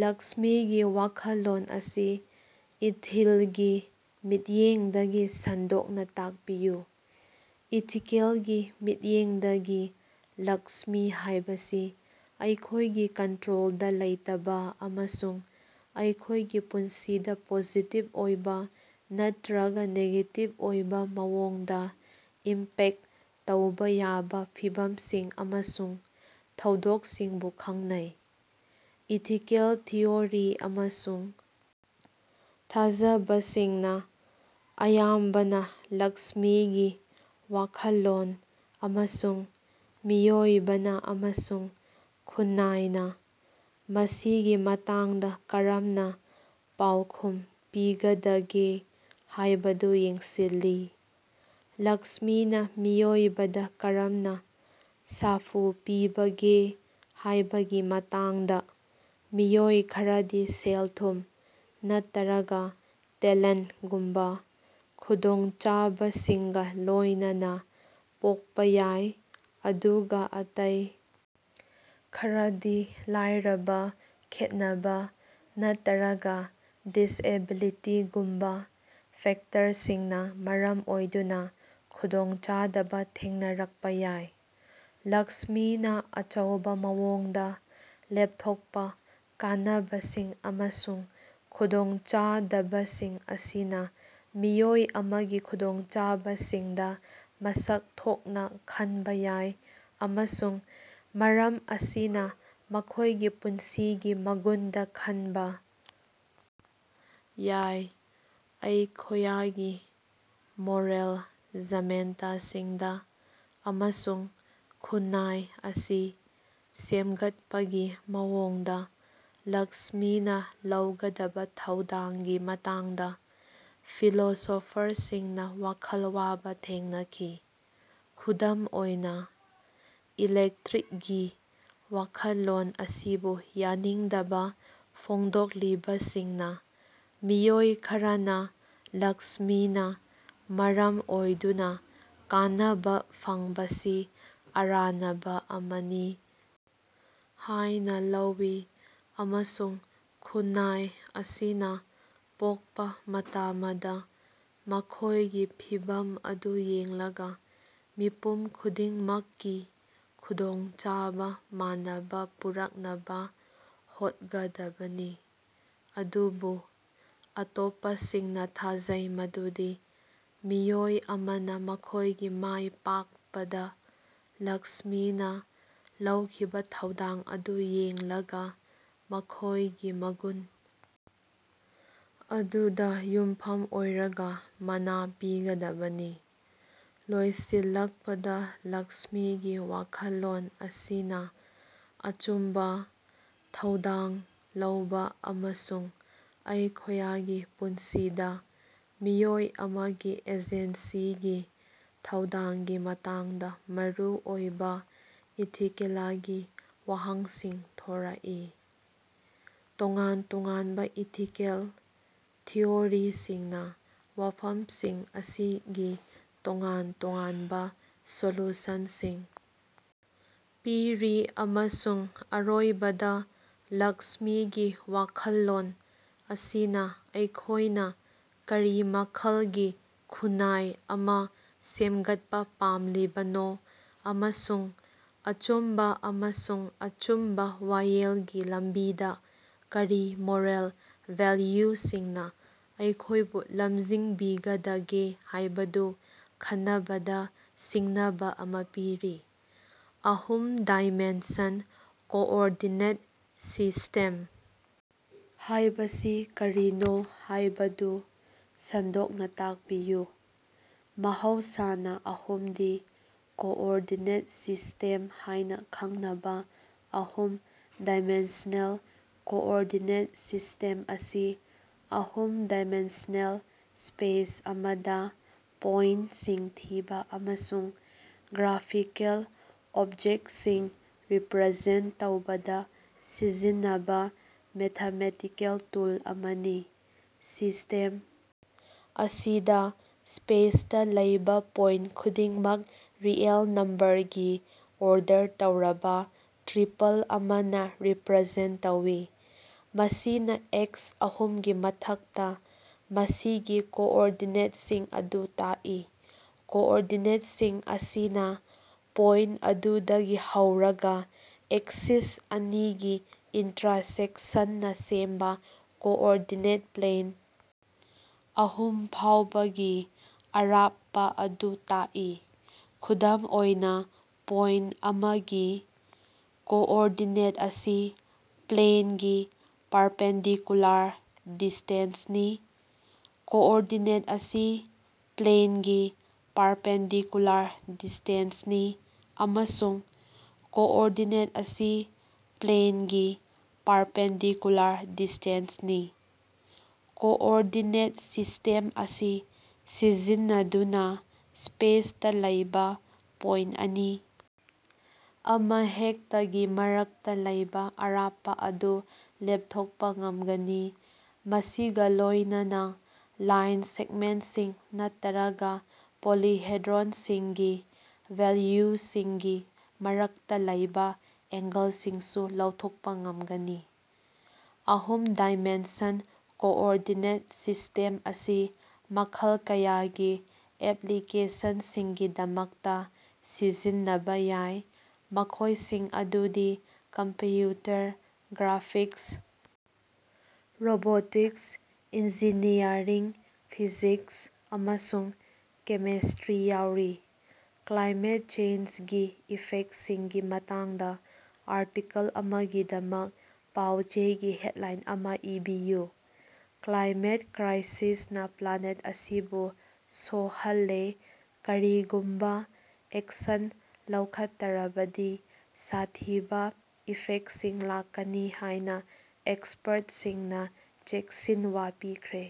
ꯂꯛꯁ꯭ꯃꯤꯒꯤ ꯋꯥꯈꯜꯂꯣꯟ ꯑꯁꯤ ꯏꯊꯤꯜꯒꯤ ꯃꯤꯠꯌꯦꯡꯗꯒꯤ ꯁꯟꯗꯣꯛꯅ ꯇꯥꯛꯄꯤꯌꯨ꯫ ꯏꯊꯤꯀꯦꯜꯒꯤ ꯃꯤꯠꯌꯦꯡꯗꯒꯤ, ꯂꯛꯁ꯭ꯃꯤ ꯍꯥꯏꯕꯁꯤ ꯑꯩꯈꯣꯏꯒꯤ ꯀꯟꯇꯔꯣꯜꯗ ꯂꯩꯇꯕ ꯑꯃꯁꯨꯡ ꯑꯩꯈꯣꯏꯒꯤ ꯄꯨꯟꯁꯤꯗ ꯄꯣꯖꯤꯇꯤꯕ ꯑꯣꯏꯕ ꯅꯠꯇꯔꯒ ꯅꯦꯒꯦꯇꯤꯕ ꯑꯣꯏꯕ ꯃꯑꯣꯡꯗ ꯏꯝꯄꯦꯛꯇ ꯇꯧꯕ ꯌꯥꯕ ꯐꯤꯚꯝꯁꯤꯡ ꯑꯃꯁꯨꯡ ꯊꯧꯗꯣꯛꯁꯤꯡꯕꯨ ꯈꯪꯅꯩ꯫ ꯏꯊꯤꯀꯦꯜ ꯊꯤꯑꯣꯔꯤ ꯑꯃꯁꯨꯡ ꯊꯥꯖꯕꯁꯤꯡꯅ ꯑꯌꯥꯝꯕꯅ ꯂꯛꯁ꯭ꯃꯤꯒꯤ ꯋꯥꯈꯜꯂꯣꯟ, ꯑꯃꯁꯨꯡ ꯃꯤꯑꯣꯏꯕꯅ ꯑꯃꯁꯨꯡ ꯈꯨꯟꯅꯥꯏꯅ ꯃꯁꯤꯒꯤ ꯃꯇꯥꯡꯗ ꯀꯔꯝꯅ ꯄꯥꯎꯈꯨꯝ ꯄꯤꯒꯗꯒꯦ ꯍꯥꯏꯕꯗꯨ ꯌꯦꯡꯁꯤꯜꯂꯤ꯫ ꯂꯛꯁ꯭ꯃꯤꯅ ꯃꯤꯑꯣꯏꯕꯗ ꯀꯔꯝꯅ ꯁꯥꯐꯨ ꯄꯤꯕꯒꯦ ꯍꯥꯏꯕꯒꯤ ꯃꯇꯥꯡꯗꯥ ꯃꯤꯑꯣꯏ ꯈꯔꯗꯤ ꯁꯦꯜ-ꯊꯨꯝ ꯅꯠꯇꯔꯒ ꯇꯦꯂꯦꯟꯇꯒꯨꯝꯕ ꯈꯨꯗꯣꯡꯆꯥꯕꯁꯤꯡꯒ ꯂꯣꯏꯅꯅ ꯄꯣꯛꯄ ꯌꯥꯏ, ꯑꯗꯨꯒ ꯑꯇꯩ ꯈꯔꯗꯤ ꯂꯥꯏꯔꯕ, ꯈꯦꯠꯅꯕ, ꯅꯠꯇꯔꯒ ꯗꯤꯁꯑꯦꯕꯤꯂꯤꯇꯤꯒꯨꯝꯕ ꯐꯦꯛꯇꯔꯁꯤꯡꯅ ꯃꯔꯝ ꯑꯣꯏꯗꯨꯅ ꯈꯨꯗꯣꯡꯆꯥꯗꯕ ꯊꯦꯡꯅꯔꯛꯄ ꯌꯥꯏ꯫ ꯂꯛꯁ꯭ꯃꯤꯅ ꯑꯆꯧꯕ ꯃꯑꯣꯡꯗ ꯂꯦꯞꯊꯣꯛꯄ ꯀꯥꯟꯅꯕꯁꯤꯡ ꯑꯃꯁꯨꯡ ꯈꯨꯗꯣꯡꯆꯥꯗꯕꯁꯤꯡ ꯑꯁꯤꯅꯥ ꯃꯤꯑꯣꯏ ꯑꯃꯒꯤ ꯈꯨꯗꯣꯡꯆꯥꯕꯁꯤꯡꯗ ꯃꯁꯛ ꯊꯣꯛꯅ ꯈꯟꯕ ꯌꯥꯏ, ꯑꯃꯁꯨꯡ ꯃꯔꯝ ꯑꯁꯤꯅ ꯃꯈꯣꯏꯒꯤ ꯄꯨꯟꯁꯤꯒꯤ ꯃꯒꯨꯟꯗ ꯈꯟꯕꯥ ꯌꯥꯏ꯫ ꯑꯩꯈꯣꯌꯒꯤ ꯃꯣꯔꯦꯜ ꯖꯃꯦꯟꯇꯁꯤꯡꯗꯥ ꯑꯃꯁꯨꯡ ꯈꯨꯟꯅꯥꯏ ꯑꯁꯤ ꯁꯦꯝꯒꯠꯄꯒꯤ ꯃꯑꯣꯡꯗ ꯂꯛꯁ꯭ꯃꯤꯅ ꯂꯧꯒꯗꯕ ꯊꯧꯗꯥꯡꯒꯤ ꯃꯇꯥꯡꯗ ꯐꯤꯂꯣꯁꯣꯐꯔꯁꯤꯡꯅ ꯋꯥꯈꯜ ꯋꯥꯕ ꯊꯦꯡꯅꯈꯤ꯫ ꯈꯨꯗꯝ ꯑꯣꯏꯅ, ꯏꯂꯦꯛꯇ꯭ꯔꯤꯛꯒꯤ ꯋꯥꯈꯜꯂꯣꯟ ꯑꯁꯤꯕꯨ ꯌꯥꯅꯤꯡꯗꯕ ꯐꯣꯡꯗꯣꯛꯂꯤꯕꯁꯤꯡꯅ ꯃꯤꯑꯣꯏ ꯈꯔꯅ ꯂꯛꯁ꯭ꯃꯤꯅ ꯃꯔꯝ ꯑꯣꯏꯗꯨꯅ ꯀꯥꯟꯅꯕ ꯐꯪꯕꯁꯤ ꯑꯔꯥꯟꯅꯕ ꯑꯃꯅꯤ ꯍꯥꯏꯅ ꯂꯧꯏ, ꯑꯃꯁꯨꯡ ꯈꯨꯟꯅꯥꯏ ꯑꯁꯤꯅ ꯄꯣꯛꯄ ꯃꯇꯃꯗ ꯃꯈꯣꯏꯒꯤ ꯐꯤꯚꯝ ꯑꯗꯨ ꯌꯦꯡꯂꯒ ꯃꯤꯄꯨꯝ ꯈꯨꯗꯤꯡꯃꯛꯀꯤ ꯈꯨꯗꯣꯡꯆꯥꯕ ꯃꯥꯟꯅꯕ ꯄꯨꯔꯛꯅꯕ ꯍꯣꯠꯒꯗꯕꯅꯤ꯫ ꯑꯗꯨꯕꯨ ꯑꯇꯣꯞꯄꯁꯤꯡꯅ ꯊꯥꯖꯩ ꯃꯗꯨꯗꯤ ꯃꯤꯑꯣꯏ ꯑꯃꯅ ꯃꯈꯣꯏꯒꯤ ꯃꯥꯏ ꯄꯥꯛꯄꯗ ꯂꯛꯁ꯭ꯃꯤꯅ ꯂꯧꯈꯤꯕ ꯊꯧꯗꯥꯡ ꯑꯗꯨ ꯌꯦꯡꯂꯒ ꯃꯈꯣꯏꯒꯤ ꯃꯒꯨꯟ ꯑꯗꯨꯗ ꯌꯨꯝꯐꯝ ꯑꯣꯏꯔꯒ ꯃꯅꯥ ꯄꯤꯒꯗꯕꯅꯤ꯫ ꯂꯣꯏꯁꯤꯜꯂꯛꯄꯗ, ꯂꯛꯁ꯭ꯃꯤꯒꯤ ꯋꯥꯈꯜꯂꯣꯟ ꯑꯁꯤꯅ ꯑꯆꯨꯝꯕ, ꯊꯧꯗꯥꯡ ꯂꯧꯕ ꯑꯃꯁꯨꯡ ꯑꯩꯈꯣꯌꯒꯤ ꯄꯨꯟꯁꯤꯗꯥ ꯃꯤꯑꯣꯏ ꯑꯃꯒꯤ ꯑꯦꯖꯦꯟꯁꯤꯒꯤ ꯊꯧꯗꯥꯡꯒꯤ ꯃꯇꯥꯡꯗꯥ ꯃꯔꯨꯑꯣꯏꯕꯥ ꯏꯊꯤꯀꯦꯂꯒꯤ ꯋꯥꯍꯪꯁꯤꯡ ꯊꯣꯔꯛꯏ꯫ ꯇꯣꯉꯥꯟ ꯇꯣꯉꯥꯟꯕ ꯏꯊꯤꯀꯦꯜ ꯊꯤꯑꯣꯔꯤꯁꯤꯡꯅ ꯋꯥꯐꯝꯁꯤꯡ ꯑꯁꯤꯒꯤ ꯇꯣꯉꯥꯟ ꯇꯣꯉꯥꯟꯕ ꯁꯣꯂꯨꯁꯟꯁꯤꯡ ꯄꯤꯔꯤ, ꯑꯃꯁꯨꯡ ꯑꯔꯣꯏꯕꯗ, ꯂꯛꯁ꯭ꯃꯤꯒꯤ ꯋꯥꯈꯜꯂꯣꯟ ꯑꯁꯤꯅ ꯑꯩꯈꯣꯏꯅ ꯀꯔꯤ ꯃꯈꯜꯒꯤ ꯈꯨꯟꯅꯥꯏ ꯑꯃ ꯁꯦꯝꯒꯠꯄ ꯄꯥꯝꯂꯤꯕꯅꯣ, ꯑꯃꯁꯨꯡ ꯑꯆꯨꯝꯕ ꯑꯃꯁꯨꯡ ꯑꯆꯨꯝꯕ ꯋꯥꯌꯦꯜꯒꯤ ꯂꯝꯕꯤꯗ ꯀꯔꯤ ꯃꯣꯔꯦꯜ ꯚꯦꯜꯌꯨꯁꯤꯡꯅ ꯑꯩꯈꯣꯏꯕꯨ ꯂꯝꯖꯤꯡꯕꯤꯒꯗꯒꯦ ꯍꯥꯏꯕꯗꯨ ꯈꯟꯅꯕꯗ ꯁꯤꯡꯅꯕ ꯑꯃ ꯄꯤꯔꯤ꯫ ꯑꯍꯨꯝ ꯗꯥꯏꯃꯦꯟꯁꯟ ꯀꯣꯑꯣꯔꯗꯤꯅꯦꯠ ꯁꯤꯁ꯭ꯇꯦꯝ ꯍꯥꯏꯕꯁꯤ ꯀꯔꯤꯅꯣ ꯍꯥꯏꯕꯗꯨ ꯁꯟꯗꯣꯛꯅ ꯇꯥꯛꯄꯤꯌꯨ꯫ ꯃꯍꯧꯁꯥꯅ ꯑꯍꯨꯝ ꯗꯤ ꯀꯣꯑꯣꯔꯗꯤꯅꯦꯠ ꯁꯤꯁ꯭ꯇꯦꯝ ꯍꯥꯏꯅ ꯈꯪꯅꯕ ꯑꯍꯨꯝ ꯗꯥꯏꯃꯦꯟꯁꯅꯦꯜ ꯀꯣꯑꯣꯔꯗꯤꯅꯦꯠ ꯁꯤꯁ꯭ꯇꯦꯝ ꯑꯁꯤ ꯑꯍꯨꯝ ꯗꯥꯏꯃꯦꯟꯁꯅꯦꯜ ꯁ꯭ꯄꯦꯁ ꯑꯃꯗ ꯄꯣꯏꯟꯇꯁꯤꯡ ꯊꯤꯕ ꯑꯃꯁꯨꯡ ꯒ꯭ꯔꯥꯐꯤꯀꯦꯜ ꯑꯣꯕꯖꯦꯛꯇꯁꯤꯡ ꯔꯤꯄꯔꯖꯦꯟꯇ ꯇꯧꯕꯗ ꯁꯤꯖꯤꯟꯅꯕ ꯃꯦꯊꯃꯦꯇꯤꯀꯦꯜ ꯇꯨꯜ ꯑꯃꯅꯤ꯫ ꯁꯤꯁ꯭ꯇꯦꯝ ꯑꯁꯤꯗ, ꯁ꯭ꯄꯦꯁꯇꯥ ꯂꯩꯕ ꯄꯣꯏꯟꯇ ꯈꯨꯗꯤꯡꯃꯛ ꯔꯤꯑꯦꯜ ꯅꯝꯕꯔ ꯒꯤ ꯑꯣꯔꯗꯔ ꯇꯧꯔꯕ ꯇ꯭ꯔꯤꯄꯜ ꯑꯃꯅ ꯔꯤꯄꯔꯖꯦꯟꯇ ꯇꯧꯏ, ꯃꯁꯤꯅ ꯑꯦꯛꯁ ꯑꯍꯨꯝꯒꯤ ꯃꯊꯛꯇ ꯃꯁꯤꯒꯤ ꯀꯣꯑꯣꯔꯗꯤꯅꯦꯠꯁꯤꯡ ꯑꯗꯨ ꯇꯛꯏ꯫ ꯀꯣꯑꯣꯔꯗꯤꯅꯦꯠꯁꯤꯡ ꯑꯁꯤꯅ ꯄꯣꯏꯟꯇ ꯑꯗꯨꯗꯒꯤ ꯍꯧꯔꯒ ꯑꯦꯛꯁꯤꯁ ꯑꯅꯤꯒꯤ ꯏꯟꯇꯔꯁꯦꯛꯁꯟꯅ ꯁꯦꯝꯕꯥ ꯀꯣꯑꯣꯔꯗꯤꯅꯦꯠ ꯄ꯭ꯂꯦꯟ ꯑꯍꯨꯝ ꯐꯥꯎꯕꯒꯤ ꯑꯔꯥꯞꯄ ꯑꯗꯨ ꯇꯥꯛꯏ꯫ ꯈꯨꯗꯝ ꯑꯣꯏꯅꯥ, ꯄꯣꯏꯟꯇ ꯑꯃꯒꯤ -ꯀꯣꯑꯣꯔꯗꯤꯅꯦꯠ ꯑꯁꯤ -ꯄ꯭ꯂꯦꯟꯒꯤ ꯄꯥꯔꯄꯦꯟꯗꯤꯀꯨꯂꯥꯔ ꯗꯤꯁ꯭ꯇꯦꯟꯁꯅꯤ, -ꯀꯣꯑꯣꯔꯗꯤꯅꯦꯠ ꯑꯁꯤ -ꯄ꯭ꯂꯦꯟꯒꯤ ꯄꯥꯔꯄꯦꯟꯗꯤꯀꯨꯂꯥꯔ ꯗꯤꯁ꯭ꯇꯦꯟꯁꯅꯤ, ꯑꯃꯁꯨꯡ -ꯀꯣꯑꯣꯔꯗꯤꯅꯦꯠ ꯑꯁꯤ -ꯄ꯭ꯂꯦꯟꯒꯤ ꯄꯥꯔꯄꯦꯟꯗꯤꯀꯨꯂꯥꯔ ꯗꯤꯁ꯭ꯇꯦꯟꯁꯅꯤ꯫ ꯀꯣꯑꯣꯔꯗꯤꯅꯦꯠ ꯁꯤꯁ꯭ꯇꯦꯝ ꯑꯁꯤ ꯁꯤꯖꯤꯟꯅꯗꯨꯅ ꯁ꯭ꯄꯦꯁꯇ ꯂꯩꯕ ꯄꯣꯏꯟꯇ ꯑꯅꯤ ꯑꯃꯍꯦꯛꯇꯒꯤ ꯃꯔꯛꯇꯥ ꯂꯩꯕ ꯑꯔꯥꯞꯄ ꯑꯗꯨ ꯂꯦꯞꯊꯣꯛꯄ ꯉꯝꯒꯅꯤ, ꯃꯁꯤꯒ ꯂꯣꯏꯅꯅꯥ ꯂꯥꯏꯟ ꯁꯦꯛꯃꯦꯟꯇꯁꯤꯡ ꯅꯠꯇ꯭ꯔꯒ ꯄꯣꯂꯤꯍꯦꯗ꯭ꯔꯣꯅꯁꯤꯡꯒꯤ ꯚꯣꯜꯌꯨꯝꯁꯤꯡꯒꯤ ꯃꯔꯛꯇꯥ ꯂꯩꯕ ꯑꯦꯡꯒꯜꯁꯤꯡꯁꯨ ꯂꯧꯊꯣꯛꯄ ꯉꯝꯒꯅꯤ꯫ ꯑꯍꯨꯝ ꯗꯥꯏꯃꯦꯟꯁꯟ ꯀꯣꯑꯣꯔꯗꯤꯅꯦꯠ ꯁꯤꯁ꯭ꯇꯦꯝ ꯑꯁꯤ ꯃꯈꯜ ꯀꯌꯥꯒꯤ ꯑꯦꯞꯂꯤꯀꯦꯁꯟꯁꯤꯡꯒꯤꯗꯃꯛꯇ ꯁꯤꯖꯤꯟꯅꯕ ꯌꯥꯏ, ꯃꯈꯣꯏꯁꯤꯡ ꯑꯗꯨꯗꯤ: computer graphics, robotics, engineering, physics, ꯑꯃꯁꯨꯡ ꯀꯦꯃꯦꯁ꯭ꯇꯔꯤ ꯌꯥꯎꯔꯤ꯫ ꯀ꯭ꯂꯥꯏꯃꯦꯠ ꯆꯦꯟꯖꯒꯤ ꯏꯐꯦꯛꯇꯁꯤꯡꯒꯤ ꯃꯇꯥꯡꯗ ꯑꯥꯔꯇꯤꯀꯜ ꯑꯃꯒꯤꯗꯃꯛ ꯄꯥꯎ-ꯆꯦꯒꯤ ꯍꯦꯗꯂꯥꯏꯟ ꯑꯃ ꯏꯕꯤꯌꯨ꯫ "ꯀ꯭ꯂꯥꯏꯃꯦꯠ ꯀ꯭ꯔꯥꯏꯁꯤꯁꯅ ꯄ꯭ꯂꯥꯅꯦꯠ ꯑꯁꯤꯕꯨ ꯁꯣꯍꯜꯂꯦ: ꯀꯔꯤꯒꯨꯝꯕ ꯑꯦꯛꯁꯟ ꯂꯧꯈꯠꯇꯔꯕꯗꯤ ꯁꯥꯊꯤꯕ ꯏꯐꯦꯛꯁꯤꯡ ꯂꯥꯛꯀꯅꯤ ꯍꯥꯏꯅ ꯑꯦꯛꯁꯄꯔꯇꯁꯤꯡꯅ ꯆꯦꯛꯁꯤꯟꯋꯥ ꯄꯤꯈ꯭ꯔꯦ"꯫